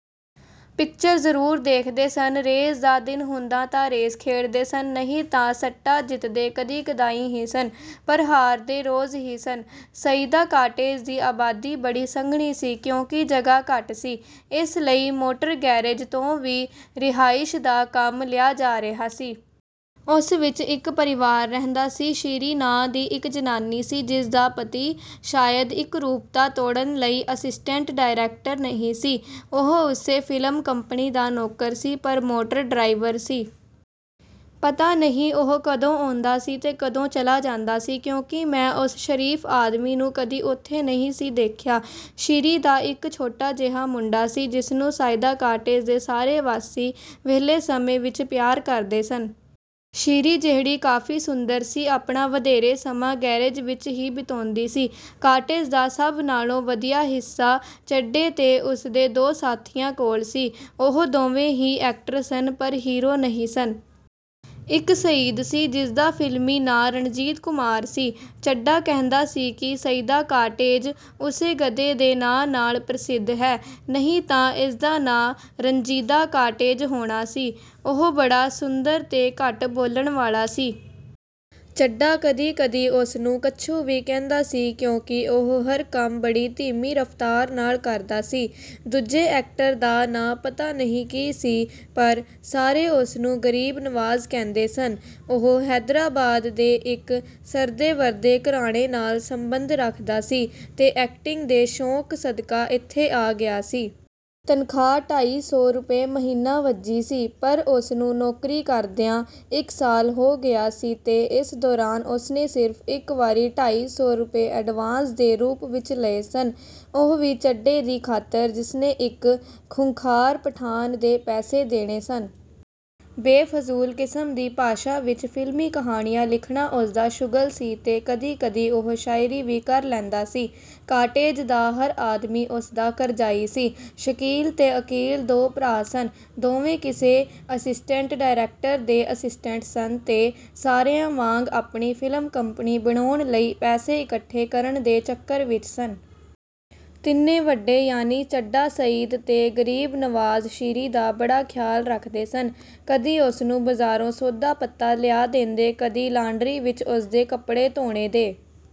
Picture ਜਰੂਰ ਦੇਖਦੇ ਸਨ, ਰੇਸ ਦਾ ਦਿਨ ਹੁੰਦਾ ਤਾਂ ਰੇਸ ਖੇਡਦੇ ਸਨ, ਨਹੀਂ ਤਾਂ ਸੱਟਾ ਜਿੱਤਦੇ ਕਦੀ-ਕਦਾਈ ਹੀ ਸਨ, ਪਰ ਹਾਰਦੇ ਰੋਜ਼ ਹੀ ਸਨ। ਸਈਦਾ ਕਾਟੇਜ ਦੀ ਆਬਾਦੀ ਬੜੀ ਸੰਘਣੀ ਸੀ। ਕਿਉਂਕਿ ਜਗ੍ਹਾ ਘੱਟ ਸੀ, ਇਸ ਲਈ ਮੋਟਰ ਗੈਰੇਜ ਤੋਂ ਵੀ ਰਿਹਾਇਸ਼ ਦਾ ਕੰਮ ਲਿਆ ਜਾ ਰਿਹਾ ਸੀ। ਉਸ ਵਿਚ ਇਕ ਪਰਿਵਾਰ ਰਹਿੰਦਾ ਸੀ। ਸ਼ੀਰੀਂ ਨਾਂਅ ਦੀ ਇਕ ਜ਼ਨਾਨੀ ਸੀ, ਜਿਸ ਦਾ ਪਤੀ ਸ਼ਾਇਦ ਇਕਰੂਪਤਾ ਤੋੜਨ ਲਈ ਅਸਿਸਟੈਂਟ ਡਾਇਰੈਕਟਰ ਨਹੀਂ ਸੀ। ਉਹ ਉਸੇ ਫ਼ਿਲਮ ਕੰਪਨੀ ਦਾ ਨੌਕਰ ਸੀ, ਪਰ ਮੋਟਰ ਡਰਾਈਵਰ ਸੀ। ਪਤਾ ਨਹੀਂ ਉਹ ਕਦੋਂ ਆਉਂਦਾ ਸੀ ਤੇ ਕਦੋਂ ਚਲਾ ਜਾਂਦਾ ਸੀ, ਕਿਉਂਕਿ ਮੈਂ ਉਸ ਸ਼ਰੀਫ ਆਦਮੀ ਨੂੰ ਕਦੀ ਉੱਥੇ ਨਹੀਂ ਸੀ ਦੇਖਿਆ। ਸ਼ੀਰੀਂ ਦਾ ਇਕ ਛੋਟਾ ਜਿਹਾ ਮੁੰਡਾ ਸੀ, ਜਿਸਨੂੰ ਸਈਦਾ ਕਾਟੇਜ ਦੇ ਸਾਰੇ ਵਾਸੀ ਵਿਹਲੇ ਸਮੇਂ ਵਿਚ ਪਿਆਰ ਕਰਦੇ ਸਨ। ਸ਼ੀਰੀਂ, ਜਿਹੜੀ ਕਾਫੀ ਸੁੰਦਰ ਸੀ, ਆਪਣਾ ਵਧੇਰੇ ਸਮਾਂ ਗੈਰੇਜ ਵਿਚ ਹੀ ਬਿਤਾਉਂਦੀ ਸੀ। ਕਾਟੇਜ ਦਾ ਸਭ ਨਾਲੋਂ ਵਧੀਆ ਹਿੱਸਾ ਚੱਡੇ ਤੇ ਉਸਦੇ ਦੋ ਸਾਥੀਆਂ ਕੋਲ ਸੀ। ਉਹ ਦੋਵੇਂ ਵੀ ਐਕਟਰ ਸਨ, ਪਰ ਹੀਰੋ ਨਹੀਂ ਸਨ। ਇਕ ਸਈਦ ਸੀ, ਜਿਸਦਾ ਫਿਲਮੀ ਨਾਂ ਰਣਜੀਤ ਕੁਮਾਰ ਸੀ। ਚੱਡਾ ਕਹਿੰਦਾ ਸੀ ਕਿ ਸਈਦਾ ਕਾਟੇਜ ਉਸੇ ਗਧੇ ਦੇ ਨਾਂਅ ਨਾਲ ਪ੍ਰਸਿੱਧ ਹੈ, ਨਹੀਂ ਤਾਂ ਇਸਦਾ ਨਾਂਅ 'ਰੰਜੀਦਾ ਕਾਟੇਜ' ਹੋਣਾ ਸੀ। ਉਹ ਬੜਾ ਸੁੰਦਰ ਤੇ ਘੱਟ ਬੋਲਣ ਵਾਲਾ ਆਦਮੀ ਸੀ। ਚੱਡਾ ਕਦੀ-ਕਦੀ ਉਸਨੂੰ ਕੱਛੂ ਵੀ ਕਹਿੰਦਾ ਸੀ, ਕਿਉਂਕਿ ਉਹ ਹਰ ਕੰਮ ਬੜੀ ਧੀਮੀ ਰਫ਼ਤਾਰ ਨਾਲ ਕਰਦਾ ਸੀ। ਦੂਜੇ ਐਕਟਰ ਦਾ ਨਾਂਅ ਪਤਾ ਨਹੀਂ ਕੀ ਸੀ, ਪਰ ਸਾਰੇ ਉਸਨੂੰ ਗਰੀਬ ਨਵਾਜ ਕਹਿੰਦੇ ਸਨ। ਉਹ ਹੈਦਰਾਬਾਦ ਦੇ ਇਕ ਸਰਦੇ-ਵਰਦੇ ਘਰਾਣੇ ਨਾਲ ਸੰਬੰਧ ਰੱਖਦਾ ਸੀ ਤੇ ਐਕਟਿੰਗ ਦੇ ਸ਼ੌਕ ਸਦਕਾ ਇੱਥੇ ਆ ਗਿਆ ਸੀ। ਤਨਖ਼ਾਹ ਢਾਈ ਸੌ ਰੁਪਏ ਮਹੀਨਾ ਵੱਝੀ ਸੀ, ਪਰ ਉਸਨੂੰ ਨੌਕਰੀ ਕਰਦਿਆਂ ਇਕ ਸਾਲ ਹੋ ਗਿਆ ਸੀ ਤੇ ਇਸ ਦੌਰਾਨ ਉਸਨੇ ਸਿਰਫ ਇਕ ਵਾਰੀ ਢਾਈ ਸੌ ਰੁਪਏ ਐਡਵਾਂਸ ਦੇ ਰੂਪ ਵਿਚ ਲਏ ਸਨ। ਉਹ ਵੀ ਚੱਡੇ ਦੀ ਖਾਤਰ, ਜਿਸਨੇ ਇਕ ਖ਼ੂੰਖਾਰ ਪਠਾਨ ਦੇ ਪੈਸੇ ਦੇਣੇ ਸਨ। ਬੇਫਜੂਲ ਕਿਸਮ ਦੀ ਭਾਸ਼ਾ ਵਿਚ ਫ਼ਿਲਮੀ ਕਹਾਣੀਆਂ ਲਿਖਣਾ ਉਸਦਾ ਸ਼ੁਗਲ ਸੀ ਤੇ ਕਦੀ-ਕਦੀ ਉਹ ਸ਼ਾਇਰੀ ਵੀ ਕਰ ਲੈਂਦਾ ਸੀ। ਕਾਟੇਜ਼ ਦਾ ਹਰ ਆਦਮੀ ਉਸਦਾ ਕਰਜਾਈ ਸੀ। ਸ਼ਕੀਲ ਤੇ ਅਕੀਲ ਦੋ ਭਰਾ ਸਨ। ਦੋਵੇਂ ਕਿਸੇ ਅਸਿਸਟੈਂਟ ਡਾਇਰੈਕਟਰ ਦੇ ਅਸਿਸਸਟੈਂਟ ਸਨ ਤੇ ਸਾਰਿਆਂ ਵਾਂਗ ਆਪਣੀ ਫ਼ਿਲਮ ਕੰਪਨੀ ਬਣਾਉਣ ਲਈ ਪੈਸੇ ਇਕੱਠੇ ਕਰਨ ਦੇ ਚੱਕਰ ਵਿਚ ਸਨ। ਤਿੰਨੇ ਵੱਡੇ ਯਾਨੀ ਚੱਡਾ, ਸਈਦ ਤੇ ਗਰੀਬ ਨਵਾਜ਼ ਸ਼ੀਂਰੀ ਦਾ ਬੜਾ ਖ਼ਿਆਲ ਰੱਖਦੇ ਸਨ। ਕਦੀ ਉਸਨੂੰ ਬਾਜ਼ਾਰੋਂ ਸੌਦਾ-ਪੱਤਾ ਲਿਆ ਦਿੰਦੇ, ਕਦੀ ਲਾਂਡਰੀ ਵਿਚ ਉਸਦੇ ਕੱਪੜੇ ਧੋਣੇ ਦੇ